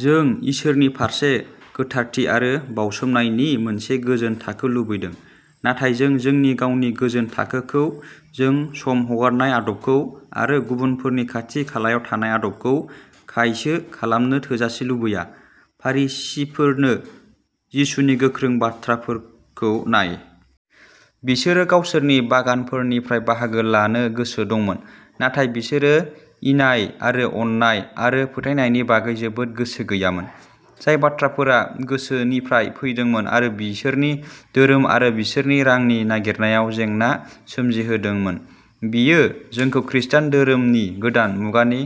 जों इसोरनि फारसे गोथारथि आरो "बाउसोमनाय" नि मोनसे गोजोन थाखो लुबैदों, नाथाय जों जोंनि गावनि गोजोन थाखोखौ, जों सम हगारनाय आदबखौ, आरो गुबुनफोरनि खाथि-खालायाव थानाय आदबखौ खायसो खालामनो थोजासे लुबैया। फरिसीफोरनो जिसुनि गोख्रों बाथ्राफोरखौ नाय। बिसोरो गावसोरनि बागानफोरनिफ्राय बाहागो लानो गोसो दंमोन, नाथाय बिसोरो न्याय आरो अननाय आरो फोथायथिनि बागै जोबोद गोसो गैयैमोन, जाय बाथ्राफोरा गोसोनिफ्राय फैदोंमोन आरो बिसोरनि धोरोम आरो बिसोरनि रांनि नागिरनायाव जेंना सोमजिहोदोंमोन। बेयो जोंखौ खृष्टान धोरोमनि गोदान मुगानि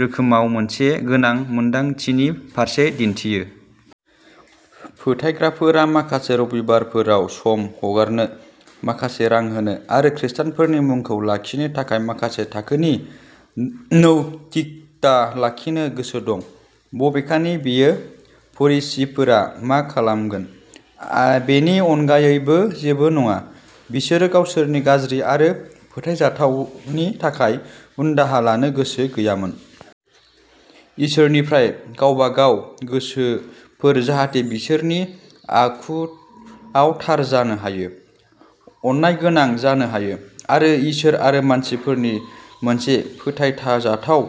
रोखोमाव मोनसे गोनां मोनदांथिनि फारसे दिन्थियो। फोथायग्राफोरआ माखासे रबिबारफोराव सम हगारनो, माखासे रां होनो, आरो खृष्टानफोरनि मुंखौ लाखिनो थाखाय माखासे थाखोनि नैतिकता लाखिनो गोसो दं। बबेखानि, बेयो फरिसीफोरा मा खालामगोन बेनि अनगायै जेबो नङा। बिसोरो गावसोरनि गाज्रि आरो फोथायजाथावनि थाखाय उनदाहा लानो गोसो गैयामोन। इसोरनिफ्राय गावबागाव गोसोफोर जाहाथे बिसोरनि आखुआव थार जानो हायो, अननायगोनां जानो हायो, आरो इसोर आरो मानसिफोरनि फारसे फोथायजाथाव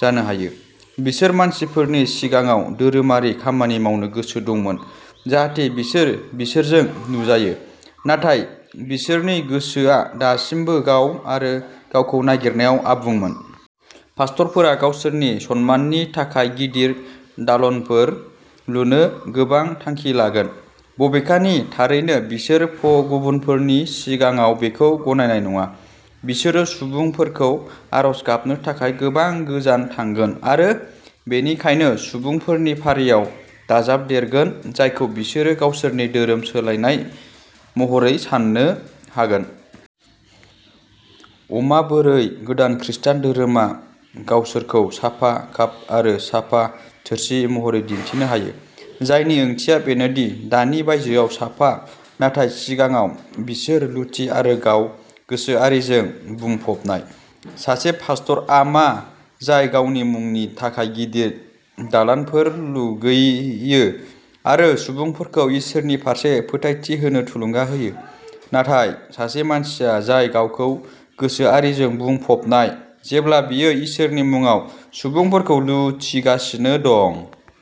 जानो हायो। बिसोर मानसिफोरनि सिगाङाव धोरोमारि खामानि मावनो गोसो दंमोन जाहाथे बिसोर बिसोरजों नुजायो, नाथाय बिसोरनि गोसोआ दासिमबो गाव आरो गावखौ नागिरनायाव आबुंमोन। पास्टरफोरा गावसोरनि सन्माननि थाखाय गिदिर दालानफोर लुनो गोबां थांखि लागोन, बबेखानि थारैनो बिसोर गुबुनफोरनि सिगाङाव बेखौ गनायनाय नङा। बिसोरो सुबुंफोरखौ आरज गाबनो थाखाय गोबां गोजान थांगोन आरो बेनिखायनो सुबुंफोरनि फारियाव दाजाबदेरगोन जायखौ बिसोरो गावसोरनि धोरोम सोलायनाय महरै साननो हागोन। अ'माबोरै गोदान खृस्टान धोरोमा गावसोरखौ साफा काप आरो साफा थोरसि महरै दिन्थिनो हायो, जायनि ओंथिया बेनो दि दानि बायजोआ साफा, नाथाय सिङाव बिसोर लुथि आरो गाव-गोसोआरिजों बुंफबनाय। सासे पास्टरआ मा जाय गावनि मुंनि थाखाय गिदिर दालानफोर लुगैयो आरो सुबुंफोरखौ इसोरनि फारसे फोथायथि होनो थुलुंगा होयो, नाथाय सासे मानसिया जाय गावखौ-गोसोआरिजों बुंफबनाय जेब्ला बियो इसोरनि मुङाव सुबुंफोरखौ लुथिगासिनो दं?